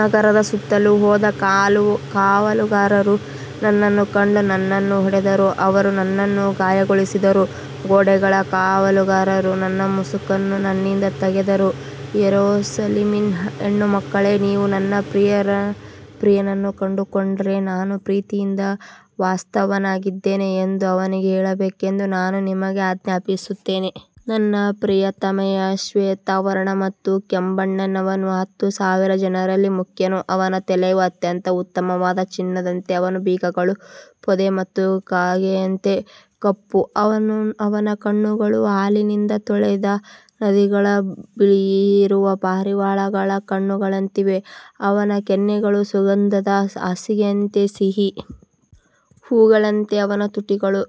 ನಗರದ ಸುತ್ತಲೂ ಹೋದ ಕಾವಲುಗಾರರು ನನ್ನನ್ನು ಕಂಡು ನನ್ನನ್ನು ಹೊಡೆದರು ಅವರು ನನ್ನನ್ನು ಗಾಯಗೊಳಿಸಿದರು ಗೋಡೆಗಳ ಕಾವಲುಗಾರರು ನನ್ನ ಮುಸುಕನ್ನು ನನ್ನಿಂದ ತೆಗೆದರು ಯೆರೂಸಲೇಮಿನ ಹೆಣ್ಣು ಮಕ್ಕಳೇ, ನೀವು ನನ್ನ ಪ್ರಿಯನನ್ನು ಕಂಡುಕೊಂಡರೆ ನಾನು ಪ್ರೀತಿಯಿಂದ ಅಸ್ವಸ್ಥನಾಗಿದ್ದೇನೆ ಎಂದು ಅವನಿಗೆ ಹೇಳಬೇಕೆಂದು ನಾನು ನಿಮಗೆ ಆಜ್ಞಾಪಿಸುತ್ತೇನೆ. ನನ್ನ ಪ್ರಿಯತಮೆಯು ಶ್ವೇತವರ್ಣ ಮತ್ತು ಕೆಂಬಣ್ಣದವನು ಹತ್ತು ಸಾವಿರ ಜನರಲ್ಲಿ ಮುಖ್ಯನು ಅವನ ತಲೆಯು ಅತ್ಯಂತ ಉತ್ತಮವಾದ ಚಿನ್ನದಂತೆ ಅವನ ಬೀಗಗಳು ಪೊದೆ ಮತ್ತು ಕಾಗೆಯಂತೆ ಕಪ್ಪು ಅವನ ಕಣ್ಣುಗಳು ಹಾಲಿನಿಂದ ತೊಳೆದ ನದಿಗಳ ಬಳಿಯಿರುವ ಪಾರಿವಾಳಗಳ ಕಣ್ಣುಗಳಂತಿವೆ ಅವನ ಕೆನ್ನೆಗಳು ಸುಗಂಧದ ಹಾಸಿಗೆಯಂತೆ ಸಿಹಿ ಹೂವುಗಳಂತೆ ಅವನ ತುಟಿಗಳು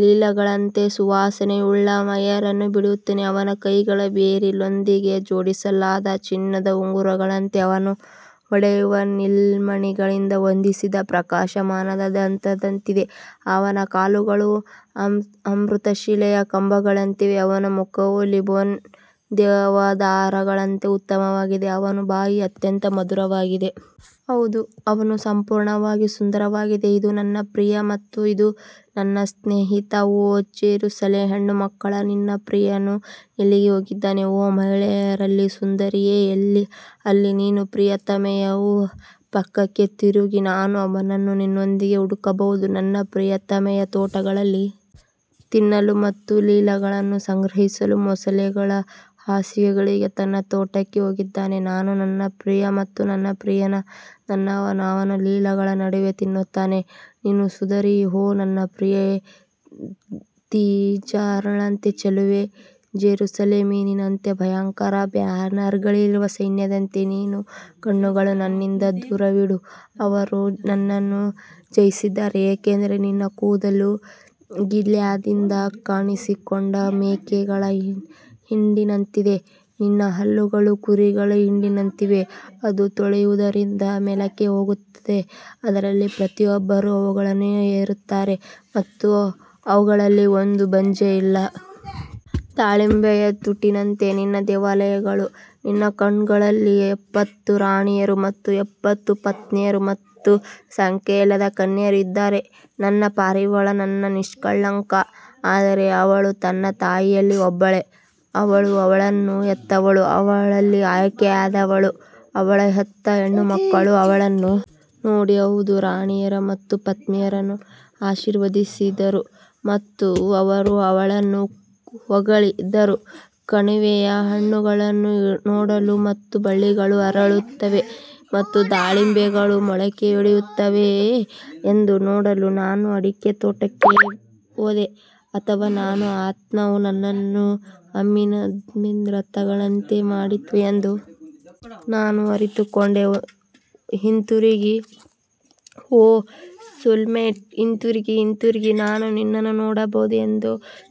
ಲಿಲ್ಲಿಗಳಂತೆ ಸುವಾಸನೆಯುಳ್ಳ ಮೈರ್ ಅನ್ನು ಬಿಡುತ್ತವೆ ಅವನ ಕೈಗಳು ಬೆರಿಲ್ನೊಂದಿಗೆ ಜೋಡಿಸಲಾದ ಚಿನ್ನದ ಉಂಗುರಗಳಂತೆ ಅವನ ಹೊಟ್ಟೆಯು ನೀಲಮಣಿಗಳಿಂದ ಹೊದಿಸಿದ ಪ್ರಕಾಶಮಾನವಾದ ದಂತದಂತಿದೆ ಅವನ ಕಾಲುಗಳು ಅಮೃತಶಿಲೆಯ ಕಂಬಗಳಂತಿವೆ, ಅವನ ಮುಖವು ಲೆಬನೋನ್ ದೇವದಾರುಗಳಂತೆ ಉತ್ತಮವಾಗಿದೆ ಅವನ ಬಾಯಿ ಅತ್ಯಂತ ಮಧುರವಾಗಿದೆ ಹೌದು ಅವನು ಸಂಪೂರ್ಣವಾಗಿ ಸುಂದರವಾಗಿದೆ ಇದು ನನ್ನ ಪ್ರಿಯ ಮತ್ತು ಇದು ನನ್ನ ಸ್ನೇಹಿತ ಓ ಜೆರುಸಲೆಮ್ನ ಹೆಣ್ಣುಮಕ್ಕಳು ನಿನ್ನ ಪ್ರಿಯನು ಎಲ್ಲಿಗೆ ಹೋಗಿದ್ದಾನೆ ಓ ಮಹಿಳೆಯರಲ್ಲಿ ಸುಂದರಿಯೇ, ಅಲ್ಲಿ ನಿನ್ನ ಪ್ರಿಯತಮೆಯು ಪಕ್ಕಕ್ಕೆ ತಿರುಗಿ ನಾವು ಅವನನ್ನು ನಿನ್ನೊಂದಿಗೆ ಹುಡುಕಬಹುದು ನನ್ನ ಪ್ರಿಯತಮೆಯು ತೋಟಗಳಲ್ಲಿ ತಿನ್ನಲು ಮತ್ತು ಲಿಲ್ಲಿಗಳನ್ನು ಸಂಗ್ರಹಿಸಲು ಮಸಾಲೆಗಳ ಹಾಸಿಗೆಗಳಿಗೆ ತನ್ನ ತೋಟಕ್ಕೆ ಹೋಗಿದ್ದಾನೆ ನಾನು ನನ್ನ ಪ್ರಿಯನು ಮತ್ತು ನನ್ನ ಪ್ರಿಯನು ನನ್ನವನು ಅವನು ಲಿಲ್ಲಿಗಳ ನಡುವೆ ತಿನ್ನುತ್ತಾನೆ ನೀನು ಸುಂದರಿ ಓ ನನ್ನ ಪ್ರಿಯೆ ತಿರ್ಜಾಳಂತೆ ಚೆಲುವೆ ಜೆರುಸಲೇಮಿನಂತೆ ಭಯಂಕರ ಬ್ಯಾನರ್ಗಳಿರುವ ಸೈನ್ಯದಂತೆ ನಿನ್ನ ಕಣ್ಣುಗಳನ್ನು ನನ್ನಿಂದ ದೂರವಿಡು ಅವರು ನನ್ನನ್ನು ಜಯಿಸಿದ್ದಾರೆ ಏಕೆಂದರೆ ನಿನ್ನ ಕೂದಲು ಗಿಲ್ಯಾದ್ನಿಂದ ಕಾಣಿಸಿಕೊಂಡ ಮೇಕೆಗಳ ಹಿಂಡಿನಂತಿದೆ ನಿನ್ನ ಹಲ್ಲುಗಳು ಕುರಿಗಳ ಹಿಂಡಿನಂತಿವೆ, ಅದು ತೊಳೆಯುವುದರಿಂದ ಮೇಲಕ್ಕೆ ಹೋಗುತ್ತದೆ, ಅದರಲ್ಲಿ ಪ್ರತಿಯೊಬ್ಬರೂ ಅವಳಿಗಳನ್ನು ಹೆರುತ್ತಾರೆ ಮತ್ತು ಅವುಗಳಲ್ಲಿ ಒಂದು ಬಂಜೆಯಿಲ್ಲ. ದಾಳಿಂಬೆಯ ತುಂಡಿನಂತೆ ನಿನ್ನ ದೇವಾಲಯಗಳು ನಿನ್ನ ಕಟ್ಟೆಗಳಲ್ಲಿವೆ ಎಪ್ಪತ್ತು ರಾಣಿಯರು ಮತ್ತು ಎಪ್ಪತ್ತು ಉಪಪತ್ನಿಯರು ಮತ್ತು ಸಂಖ್ಯೆಯಿಲ್ಲದ ಕನ್ಯೆಯರು ಇದ್ದಾರೆ ನನ್ನ ಪಾರಿವಾಳ ನನ್ನ ನಿಷ್ಕಳಂಕ ಆದರೆ ಅವಳು ತನ್ನ ತಾಯಿಯಲ್ಲಿ ಒಬ್ಬಳೇ ಅವಳು ಅವಳನ್ನು ಹೆತ್ತವಳು ಅವಳಲ್ಲಿ ಆಯ್ಕೆಯಾದವಳು ಅವಳನ್ನು ಹೆತ್ತ ಹೆಣ್ಣುಮಕ್ಕಳು ಅವಳನ್ನು ನೋಡಿ ಹೌದು ರಾಣಿಯರು ಮತ್ತು ಉಪಪತ್ನಿಯರನ್ನು ಆಶೀರ್ವದಿಸಿದರು ಮತ್ತು ಅವರು ಅವಳನ್ನು ಹೊಗಳಿದರು ಕಣಿವೆಯ ಹಣ್ಣುಗಳನ್ನು ನೋಡಲು ಮತ್ತು ಬಳ್ಳಿಗಳು ಅರಳುತ್ತವೆಯೇ ಮತ್ತು ದಾಳಿಂಬೆಗಳು ಮೊಳಕೆಯೊಡೆಯುತ್ತವೆಯೇ ಎಂದು ನೋಡಲು ನಾನು ಅಡಿಕೆ ತೋಟಕ್ಕೆ ಹೋದೆ ಅಥವಾ ನನ್ನ ಆತ್ಮವು ನನ್ನನ್ನು ಅಮ್ಮಿನದಿಬ್ನ ರಥಗಳಂತೆ ಮಾಡಿತು ಎಂದು ನಾನು ಅರಿತುಕೊಂಡೆ ಹಿಂತಿರುಗಿ ಓ ಶೂಲಮೈಟ್ ಹಿಂತಿರುಗಿ ಹಿಂತಿರುಗಿ ನಾವು ನಿನ್ನನ್ನು ನೋಡಬಹುದು ಎಂದು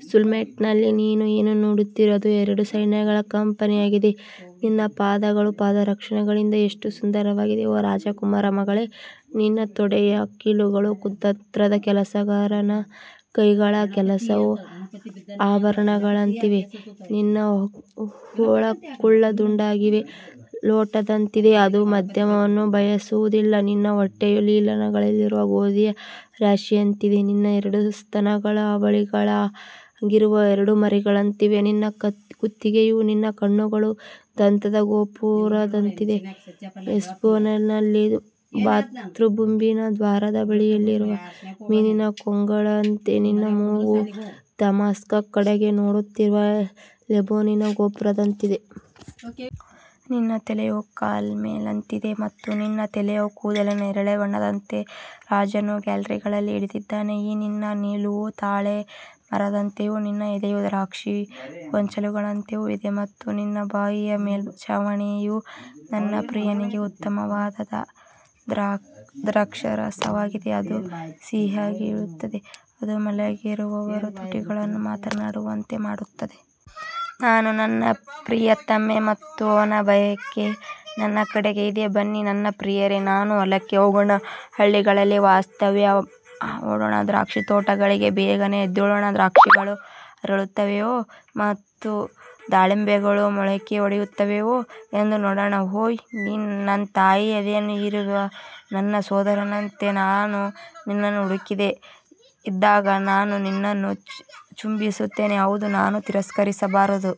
ಶೂಲಮೈಟ್ನಲ್ಲಿ ನೀವು ಏನು ನೋಡುತ್ತೀರಿ ಅದು ಎರಡು ಸೈನ್ಯಗಳ ಕಂಪನಿಯಾಗಿದೆ ನಿನ್ನ ಪಾದಗಳು ಪಾದರಕ್ಷೆಗಳಿಂದ ಎಷ್ಟು ಸುಂದರವಾಗಿವೆ ಓ ರಾಜಕುಮಾರ ಮಗಳೇ, ನಿನ್ನ ತೊಡೆಯ ಕೀಲುಗಳು ಕುತಂತ್ರದ ಕೆಲಸಗಾರನ ಕೈಗಳ ಕೆಲಸವು ಆಭರಣಗಳಂತಿವೆ ನಿನ್ನ ಹೊಕ್ಕುಳವು ದುಂಡಗಿನ ಲೋಟದಂತಿದೆ, ಅದು ಮದ್ಯವನ್ನು ಬಯಸುವುದಿಲ್ಲ, ನಿನ್ನ ಹೊಟ್ಟೆಯು ಲಿಲ್ಲಿಗಳಿರುವ ಗೋಧಿಯ ರಾಶಿಯಂತಿದೆ ನಿನ್ನ ಎರಡು ಸ್ತನಗಳು ಅವಳಿಗಳಾಗಿರುವ ಎರಡು ಮರಿಗಳಂತಿವೆ ನಿನ್ನ ಕುತ್ತಿಗೆಯು ನಿನ್ನ ಕಣ್ಣುಗಳ ದಂತದ ಗೋಪುರದಂತಿದೆ, ಹೆಷ್ಬೋನಿನಲ್ಲಿ ಬಾತ್ರಬ್ಬೀಮಿನ ದ್ವಾರದ ಬಳಿಯಲ್ಲಿರುವ ಮೀನಿನ ಕೊಳಗಳಂತೆ ನಿನ್ನ ಮೂಗು ದಮಾಸ್ಕಸ್ ಕಡೆಗೆ ನೋಡುತ್ತಿರುವ ಲೆಬನೋನಿನ ಗೋಪುರದಂತಿದೆ. ನಿನ್ನ ತಲೆಯು ಕಾರ್ಮೆಲ್ನಂತಿದೆ ಮತ್ತು ನಿನ್ನ ತಲೆಯ ಕೂದಲು ನೇರಳೆ ಬಣ್ಣದಂತೆ ರಾಜನು ಗ್ಯಾಲರಿಗಳಲ್ಲಿ ಹಿಡಿದಿದ್ದಾನೆ ಈ ನಿನ್ನ ನಿಲುವು ತಾಳೆ ಮರದಂತೆಯೂ ನಿನ್ನ ಎದೆಯು ದ್ರಾಕ್ಷಿ ಗೊಂಚಲುಗಳಂತೆಯೂ ಇದೆ. ಮತ್ತು ನಿನ್ನ ಬಾಯಿಯ ಮೇಲ್ಛಾವಣಿಯು ನನ್ನ ಪ್ರಿಯನಿಗೆ ಉತ್ತಮವಾದ ದ್ರಾಕ್ಷಾರಸವಾಗಿದೆ, ಅದು ಸಿಹಿಯಾಗಿ ಇಳಿಯುತ್ತದೆ, ಅದು ಮಲಗಿರುವವರ ತುಟಿಗಳನ್ನು ಮಾತನಾಡುವಂತೆ ಮಾಡುತ್ತದೆ. ನಾನು ನನ್ನ ಪ್ರಿಯತಮೆ ಮತ್ತು ಅವನ ಬಯಕೆ ನನ್ನ ಕಡೆಗೆ ಇದೆ ಬನ್ನಿ ನನ್ನ ಪ್ರಿಯರೇ, ನಾವು ಹೊಲಕ್ಕೆ ಹೋಗೋಣ, ಹಳ್ಳಿಗಳಲ್ಲಿ ವಾಸ್ತವ್ಯ ಹೂಡೋಣ ದ್ರಾಕ್ಷಿತೋಟಗಳಿಗೆ ಬೇಗನೆ ಎದ್ದೇಳೋಣ, ದ್ರಾಕ್ಷಿಗಳು ಅರಳುತ್ತವೆಯೇ ಮತ್ತು ದ್ರಾಕ್ಷಿಗಳು ಅರಳುತ್ತವೆಯೇ ಮತ್ತು ದಾಳಿಂಬೆಗಳು ಮೊಳಕೆಯೊಡೆಯುತ್ತವೆಯೇ ಎಂದು ನೋಡೋಣ. ಓಹ್ ನೀನು ನನ್ನ ತಾಯಿಯ ಎದೆಯನ್ನು ಹೀರುವ ನನ್ನ ಸಹೋದರನಂತೆ ನಾನು ನಿನ್ನನ್ನು ಹುಡುಕದೆ ಇದ್ದಾಗ ನಾನು ನಿನ್ನನ್ನು ಚುಂಬಿಸುತ್ತೇನೆ ಹೌದು ನಾನು ತಿರಸ್ಕರಿಸಬಾರದು.